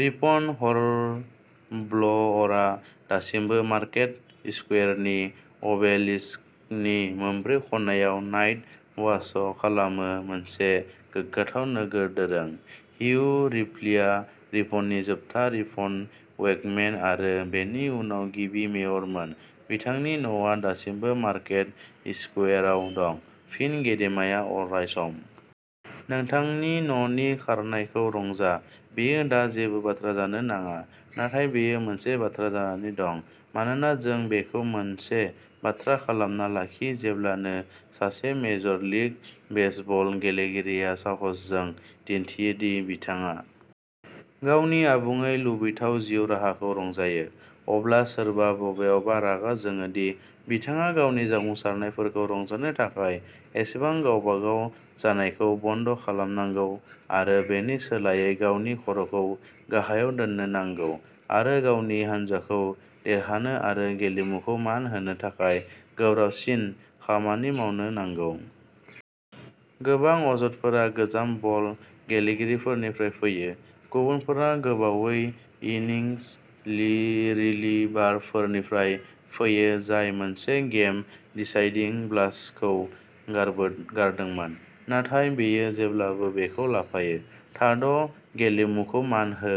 Ripon हर्नब्ल’अरआ दासिमबो market स्कुवेरनि अबेलिस्कनि मोनब्रै खनायाव नाइट वाच' खालामो मोनसे गोग्गाथाव नोगोर दोरों। हियु रिप्लिआ रिपननि जोबथा रिपन वेकमेन आरो बेनि उनाव गिबि मेयरमोन। बिथांनि न'आ दासिमबो मार्केट स्कुवेराव दं। फिन गेदेमाया अरायसम। नोंथांनि न'नि खारनायखौ रंजा। बेयो दा जेबो बाथ्रा जानो नाङा, नाथाय बेयो मोनसे बाथ्रा जानानै दं मानोना जों बेखौ मोनसे बाथ्रा खालामना लाखि जेब्लानो सासे मेजर लीग बेसबल गेलेगिरिया साहसजों दिन्थियो दि बिथाङा गावनि आबुङै लुबैथाव जिउ राहाखौ रंजायो, अब्ला सोरबा बबेयावबा रागा जोङो दि बिथाङा गावनि जाफुंसारनायफोरखौ रंजानो थाखाय एसेबां गावबागाव जानायखौ बन्द' खालामनांगौ आरो बेनि सोलायै गावनि खर'खौ गाहायाव दोननो नांगौ आरो गावनि हानजाखौ देरहानो आरो गेलेमुखौ मान होनो थाखाय गोब्राबसिन खामानि मावनो नांगौ। गोबां अजदफोरा गोजाम बल गेलेगिरिफोरनिफ्राय फैयो; गुबुनफोरा गोबावै इनिंस रिलिभारफोरनिफ्राय फैयो जाय मोनसे गेम डिसाइडिं ब्लास्टखौ गारदोंमोन। नाथाय बेयो जेब्लाबो बेखौ लाफायो। थाद' गेलेमुखौ मान हो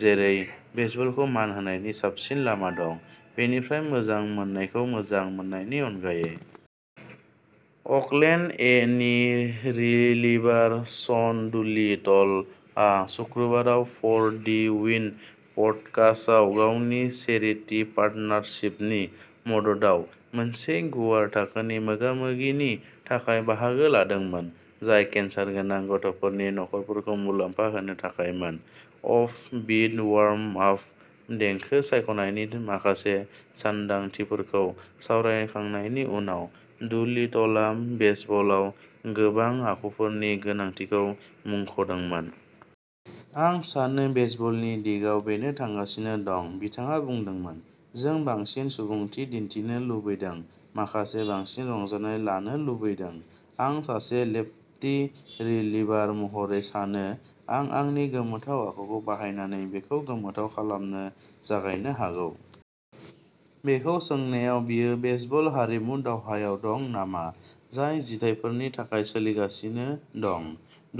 जेरै बेसबलखौ मान होनायनि साबसिन लामा दं, बेनिफ्राय मोजां मोननायखौ मोजां मोननायनि अनगायै। अकलेन्ड ए नि रिलिभार शन डुलिटलआ सुक्रुबाराव फर दि विन पडकास्टआव गावनि चेरिटि पार्टनारशिपनि मददाव मोनसे गुवार थाखोनि मोगा-मोगिनि थाखाय बाहागो लादोंमोन, जाय केन्सार गोनां गथ'फोरनि नखरफोरखौ मुलाम्फा होनो थाखायमोन। अफ बिट वार्मआप देंखो सायख'नायनि माखासे सानदांथिफोरखौ सावरायखांनायनि उनाव, डुलिटलआ बेसबलाव गोबां आखुफोरनि गोनांथिखौ मुंख'दोंमोन। आं सानो बेसबलनि दिगाव बेनो थांगासिनो दं, बिथाङा बुंदोंमोन। जों बांसिन सुबुंथि दिन्थिनो लुबैदों, माखासे बांसिन रंजानाय लानो लुबैदों। आं सासे लेफ्टी रिलिभार महरै सानो आं आंनि गोमोथाव आखुखौ बाहायनानै बेखौ गोमोथाव खालामनो जागायनो हागौ। बेखौ सोंनायाव बियो बेसबल हारिमु दावहायाव दं नामा, जाय जिथायफोरनि थाखाय सोलिगासिनो दं,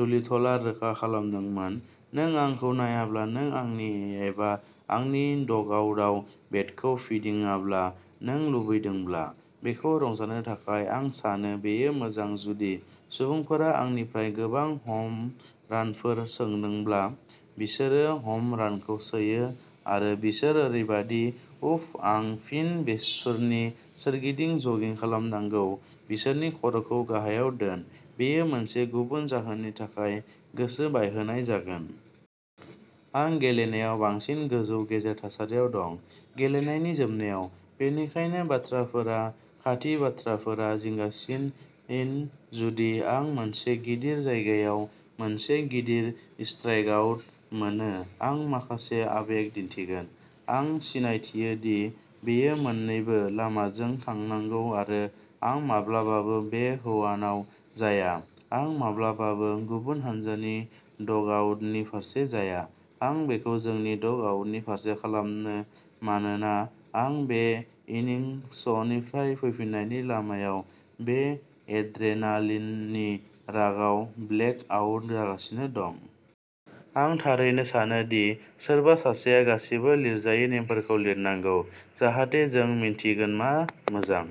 डुलिटलआ रोखा खालामदोंमोन। नों आंखौ नायाब्ला नों आंनि एबा आंनि डगआउटआव बेटखौ फिदिंाब्ला, नों लुबैदोंब्ला। बेखौ रंजानो थाखाय, आं सानो बेयो मोजां जुदि सुबुंफोरा आंनिफ्राय गोबां ह'म रानफोर सोदोंब्ला बिसोरो ह'म रानखौ सोयो आरो बिसोर ओरैबायदि उफ आं फिन बेसफोरनि सोरगिदिं जगिं खालामनांगौ बिसोरनि खर'खौ गाहायाव दोन, बेयो मोनसे गुबुन जाहोननि थाखाय गोसो बायहोनाय जागोन। आं गेलेनायाव बांसिन गोजौ गेजेर थासारियाव दं, गेलेनायनि जोबनायाव, बेनिखायनो बाथ्राफोरा खाथि बाथ्राफोरा जिंगासिन जुदि आं मोनसे गिदिर जायगायाव मोनसे गिदिर स्ट्राइकआउट मोनो आं माखासे आबेग दिन्थिगोन। आं सिनायथियो दि बेयो मोन्नैबो लामाजों थांनांगौ आरो आं माब्लाबाबो बे हौवानाव जाया, आं माब्लाबाबो गुबुन हानजानि डगआउटनि फारसे जाया, आं बेखौ जोंनि डग आउटनि फारसे खालामो मानोना आं बे इनिंसनिफ्राय फैफिननायनि लामायाव बे एड्रेनालिननि रागआव ब्लेक आउट जागासिनो दं। आं थारैनो सानो दि सोरबा सासेआ गासिबो लिरजायै नेमफोरखौ लिरनांगौ, जाहाथे जों मिन्थिगोन मा मोजां।